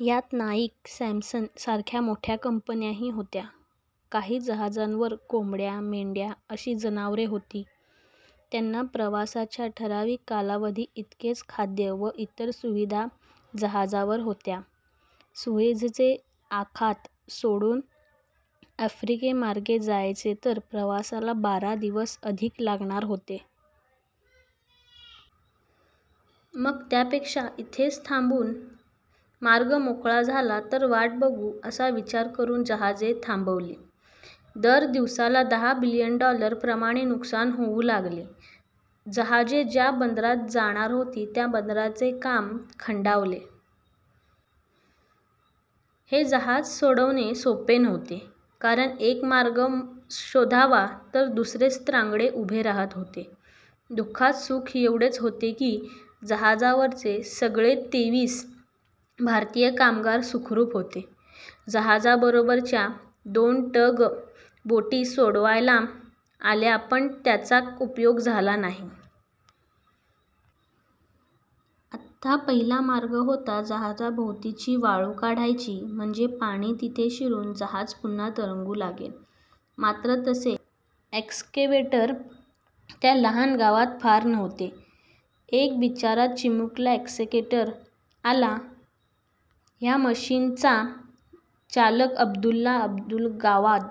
ह्यात Nike, Samsung सारख्या मोठ्या कंपन्याही होत्या. काही जहाजांवर कोंबड्या, मेंढ्या अशी जनावरे होती. त्यांना प्रवासाच्या ठराविक कालावधी इतकेच खाद्य व इतर सुविधा जहाजावर होत्या. सुएझचे आखात सोडून आफ्रिकेमार्गे जायचे तर प्रवासाला बारा दिवस अधिक लागणार होते. मग त्यापेक्षा इथेच थांबून मार्ग मोकळा झाला तर वाट बघू असा विचार करून जहाजे थांबली. दर दिवसाला दहा बिलियन डॉलर प्रमाणे नुकसान होऊ लागले. जहाजे ज्या बंदरात जाणार होती त्या बंदरांचे काम थंडावले. हे जहाज सोडवणे सोपे नव्हते, कारण एक मार्ग शोधावा तर दुसरेच त्रांगडे उभे राहत होते. दुःखात सुख एवढेच होते की जहाजावरचे सगळे तेवीस भारतीय कामगार सुखरूप होते. जहाजाबरोबरच्या दोन टग बोटी सोडवायला आल्या पण त्याचा उपयोग झाला नाही. आता पहिला मार्ग होता जहाजाभोवतीची वाळू काढायची म्हणजे पाणी तिथे शिरून जहाज पुन्हा तरंगू लागेल. मात्र तसे एक्सकेव्हेटर त्या लहान गावात फार नव्हते. एक बिचारा चिमुकला एक्सकेव्हेटर आला. ह्या मशीनचा चालक अब्दुल्ला अब्दुल-गावाद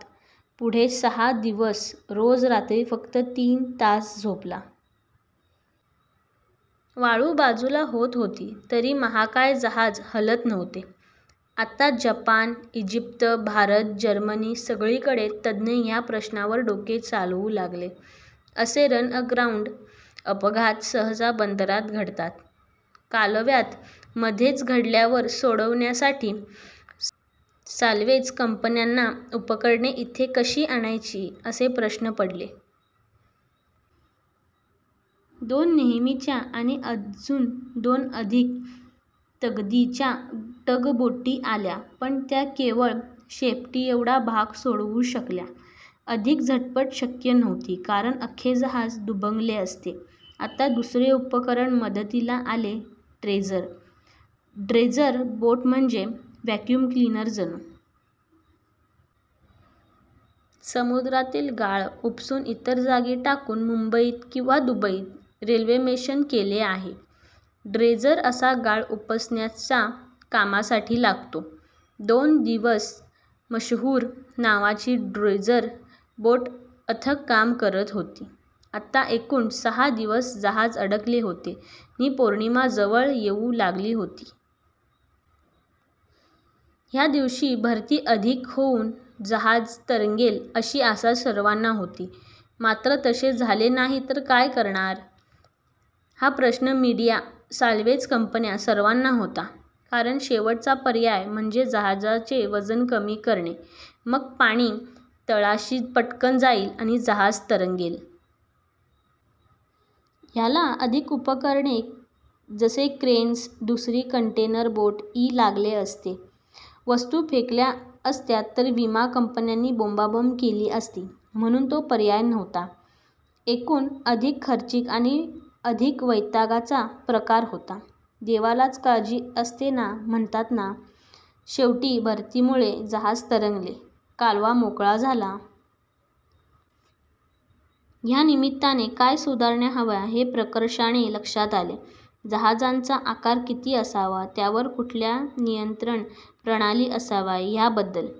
पुढचे सहा दिवस रोज रात्री फक्त तीन तास झोपला. वाळू बाजूला होत होती तरी महाकाय जहाज हलत नव्हते. आता जपान, ईजिप्त, भारत, जर्मनी सगळीकडचे तज्ञ ह्या प्रश्नावर डोके चालवू लागले. असे 'रन अग्राउंड' अपघात सहसा बंदरात घडतात. कालव्यात मध्येच घडल्यावर सोडवण्यासाठी साल्व्हेज कंपन्यांना उपकरणे तिथे कशी आणायची असे प्रश्न पडले. दोन नेहमीच्या आणि अजून दोन अधिक ताकदीच्या टग बोटी आल्या पण त्या केवळ शेपटाकडचा भाग सोडवू शकल्या. अधिक झटापट शक्य नव्हती कारण अख्खे जहाज दुभंगले असते. आता दुसरे उपकरण मदतीला आले ड्रेजर. ड्रेजर बोट म्हणजे व्हॅक्यूम क्लीनर जणू. समुद्रातील गाळ उपसून इतर जागी टाकून मुंबईत किंवा दुबईत 'रेक्लेमेशन' केले आहे. ड्रेजर अशा गाळ उपसण्याचा कामासाठी लागतो. दोन दिवस 'मशहूर' नावाची ड्रेजर बोट अथक काम करत होती. आता एकूण सहा दिवस जहाज अडकले होते नि पौर्णिमा जवळ येऊ लागली होती. ह्या दिवशी भरती अधिक येऊन जहाज तरंगेल अशी आशा सर्वाना होती. मात्र तसे झालं नाही तर काय करणार? हा प्रश्न मिडीया, साल्वेज कंपन्या सर्वाना होता. कारण शेवटचा पर्याय म्हणजे जहाजाचे वजन कमी करणे मग पाणी तळाशी पटकन जाईल आणि जहाज तरंगेल. ह्याला अधिक उपकरणे जसे क्रेन्स, दुसरी कंटेनर बोट इ लागले असते. वस्तू फेकल्या असत्या तर विमा कंपन्यांनी बोंबाबोंब केली असती म्हणून तो पर्याय नव्हता. एकूण अधिक खर्चिक आणि अधिक वैतागाचा प्रकार होता. देवालाच काळजी असते ना म्हणतात ना, शेवटी भरतीमुळे जहाज तरंगले, कालवा मोकळा झाला!! ह्या निमित्ताने काय सुधारणा हव्या हे प्रकर्षाने लक्षात आले. जहाजांचा आकार किती असावा, त्यावर कुठल्या नियंत्रण प्रणाली असाव्या ह्या बद्दल--